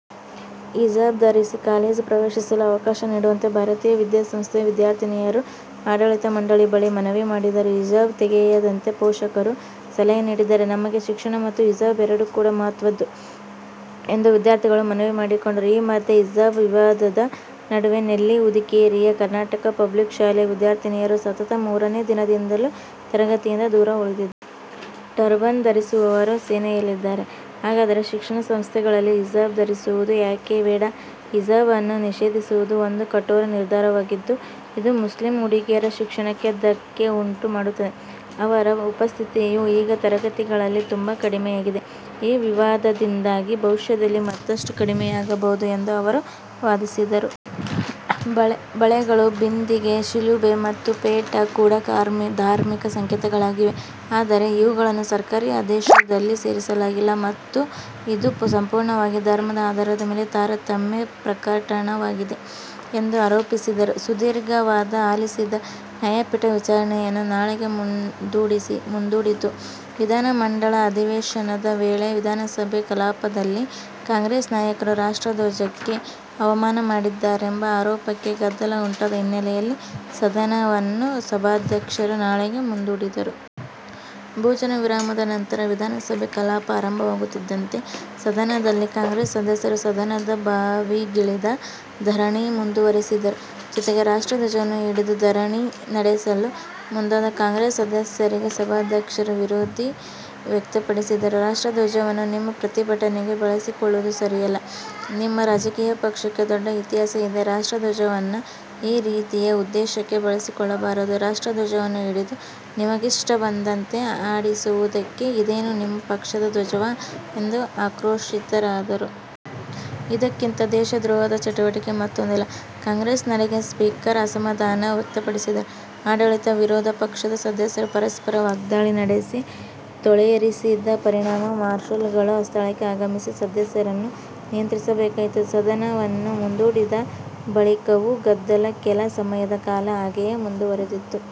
ಹಿಜಾಬ್ ಧರಿಸಿ ಕಾಲೇಜ್ ಪ್ರವೇಶಿಸಲು ಅವಕಾಶ ನೀಡುವಂತೆ ಭಾರತೀಯ ವಿದ್ಯಾಸಂಸ್ಥೆ ವಿದ್ಯಾರ್ಥಿನಿಯರು ಆಡಳಿತ ಮಂಡಳಿ ಬಳಿ ಮನವಿ ಮಾಡಿದರು. ಹಿಜಾಬ್ ತೆಗೆಯದಂತೆ ಪೋಷಕರು ಸಲಹೆ ನೀಡಿದ್ದಾರೆ. ನಮಗೆ ಶಿಕ್ಷಣ ಮತ್ತು ಹಿಜಾಬ್ ಎರಡು ಕೂಡಾ ಮಹತ್ವದ್ದು ಎಂದು ವಿದ್ಯಾರ್ಥಿಗಳು ಮನವಿ ಮಾಡಿಕೊಂಡರು. ಈ ಮಧ್ಯೆ ಹಿಜಾಬ್ ವಿವಾದದ ನಡುವೆ ನೆಲ್ಲಿಹುದಿಕೇರಿಯ ಕರ್ನಾಟಕ ಪಬ್ಲಿಕ್ ಶಾಲೆಯ ವಿದ್ಯಾರ್ಥಿನಿಯರು ಸತತ ಮೂರನೇ ದಿನದಿಂದಲೂ ತರಗತಿಯಿಂದ ದೂರ ಉಳಿದಿದ್ದಾರೆ. ಟರ್ಬನ್ ಧರಿಸುವವರು ಸೇನೆಯಲ್ಲಿದ್ದಾರೆ, ಹಾಗಾದರೆ ಶಿಕ್ಷಣ ಸಂಸ್ಥೆಗಳಲ್ಲಿ ಹಿಜಾಬ್ ಧರಿಸುವುದು ಯಾಕೆ ಬೇಡ? ಹಿಜಾಬ್ ಅನ್ನು ನಿಷೇಧಿಸುವುದು ಒಂದು ಕಠೋರ ನಿರ್ಧಾರವಾಗಿದ್ದು, ಇದು ಮುಸ್ಲಿಂ ಹುಡುಗಿಯರ ಶಿಕ್ಷಣಕ್ಕೆ ಧಕ್ಕೆ ಉಂಟು ಮಾಡುತ್ತದೆ. ಅವರ ಉಪಸ್ಥಿತಿಯು ಈಗ ತರಗತಿಗಳಲ್ಲಿ ತುಂಬಾ ಕಡಿಮೆಯಾಗಿದೆ. ಈ ವಿವಾದದಿಂದಾಗಿ ಭವಿಷ್ಯದಲ್ಲಿ ಮತ್ತಷ್ಟು ಕಡಿಮೆಯಾಗಬಹುದು ಎಂದು ಅವರು ವಾದಿಸಿದರು. ಬಳೆಗಳು, ಬಿಂದಿಗೆ, ಶಿಲುಬೆ ಮತ್ತು ಪೇಟ ಕೂಡ ಧಾರ್ಮಿಕ ಸಂಕೇತಗಳಾಗಿವೆ. ಆದರೆ ಇವುಗಳನ್ನು ಸರ್ಕಾರಿ ಆದೇಶದಲ್ಲಿ ಸೇರಿಸಲಾಗಿಲ್ಲ ಮತ್ತು ಇದು ಸಂಪೂರ್ಣವಾಗಿ ಧರ್ಮದ ಆಧಾರದ ಮೇಲೆ ತಾರತಮ್ಯ ಪ್ರಕರಣವಾಗಿದೆ ಎಂದು ಆರೋಪಿಸಿದರು. ಸುದೀರ್ಘ ವಾದ ಆಲಿಸಿದ ನ್ಯಾಯಪೀಠ ವಿಚಾರಣೆಯನ್ನು ನಾಳೆಗೆ ಮುಂದೂಡಿತು. ವಿಧಾನಮಂಡಲ ಅಧಿವೇಶನದ ವೇಳೆ ವಿಧಾನಸಭೆ ಕಲಾಪದಲ್ಲಿ ಕಾಂಗ್ರೆಸ್ ನಾಯಕರು ರಾಷ್ಟ್ರ ಧ್ವಜಕ್ಕೆ ಅವಮಾನ ಮಾಡಿದ್ದಾರೆಂಬ ಆರೋಪಕ್ಕೆ ಗದ್ದಲ ಉಂಟಾದ ಹಿನ್ನೆಲೆಯಲ್ಲಿ ಸದನವನ್ನು ಸಭಾಧ್ಯಕ್ಷರು ನಾಳೆಗೆ ಮುಂದೂಡಿದರು. ಭೋಜನ ವಿರಾಮದ ನಂತರ ವಿಧಾನಸಭೆ ಕಲಾಪ ಆರಂಭವಾಗುತ್ತಿದ್ದಂತೆ ಸದನದಲ್ಲಿ ಕಾಂಗ್ರೆಸ್ ಸದಸ್ಯರು ಸದನದ ಬಾವಿಗಿಳಿದಿ ಧರಣಿ ಮುಂದುವರೆಸಿದರು. ಜೊತೆಗೆ ರಾಷ್ಟ್ರಧ್ವಜವನ್ನ ಹಿಡಿದು ಧರಣಿನಡೆಸಲು ಮುಂದಾದ ಕಾಂಗ್ರೆಸ್ ಸದಸ್ಯರಿಗೆ ಸಭಾಧ್ಯಕ್ಷರು ವಿರೋಧ ವ್ಯಕ್ತಪಡಿಸಿದರು, ರಾಷ್ಟ್ರ ಧ್ವಜವನ್ನ ನಿಮ್ಮ ಪ್ರತಿಭಟನೆಗೆ ಬಳಸಿಕೊಳ್ಳುವುದು ಸರಿಯಲ್ಲ, ನಿಮ್ಮರಾಜಕೀಯ ಪಕ್ಷಕ್ಕೆ ದೊಡ್ಡ ಇತಿಹಾಸ ಇದೆ, ರಾಷ್ಟ್ರ ಧ್ವಜವನ್ನ ಈ ರೀತಿಯ ಉದ್ದೇಶಕ್ಕೆ ಬಳಸಿಕೊಳ್ಳಬಾರದು, ರಾಷ್ರ್ಟಧ್ವಜವನ್ನ ಹಿಡಿದು ನಿಮಗಿಷ್ಟಬಂದಂತೆ ಆಡಿಸುವುದಕ್ಕೆ ಇದೇನು ನಿಮ್ಮ ಪಕ್ಷದ ಧ್ವಜವಾ ಎಂದು ಆಕ್ರೋಶಿತರಾದರು. ಇದಕ್ಕಿಂತ ದೇಶದ್ರೋಹದ ಚಟುವಟಿಕೆ ಮತ್ತೊಂದಿಲ್ಲ ಕಾಂಗ್ರೆಸ್ ನಡೆಗೆ ಸ್ಪೀಕರ್ ಅಸಮಾಧಾನ ವ್ಯಕ್ತಪಡಿಸಿದರು. ಆಡಳಿತ-ವಿರೋಧ ಪಕ್ಷದ ಸದಸ್ಯರು ಪರಸ್ಪರ ವಾಗ್ದಾಳಿ ನಡೆಸಿ, ತೋಳೇರಿಸಿದ ಪರಿಣಾಮ ಮಾರ್ಷಲ್ ಗಳು ಸ್ಥಳಕ್ಕೆ ಆಗಮಿಸಿ ಸದಸ್ಯರನ್ನು ನಿಯಂತ್ರಿಸಬೇಕಾಯಿತು. ಸದನವನ್ನು ಮುಂದೂಡಿದ ಬಳಿಕವೂ ಗದ್ದಲ ಕೆಲ ಸಮಯದ ಕಾಲ ಹಾಗೆಯೇ ಮುಂದುವರೆದಿತ್ತು.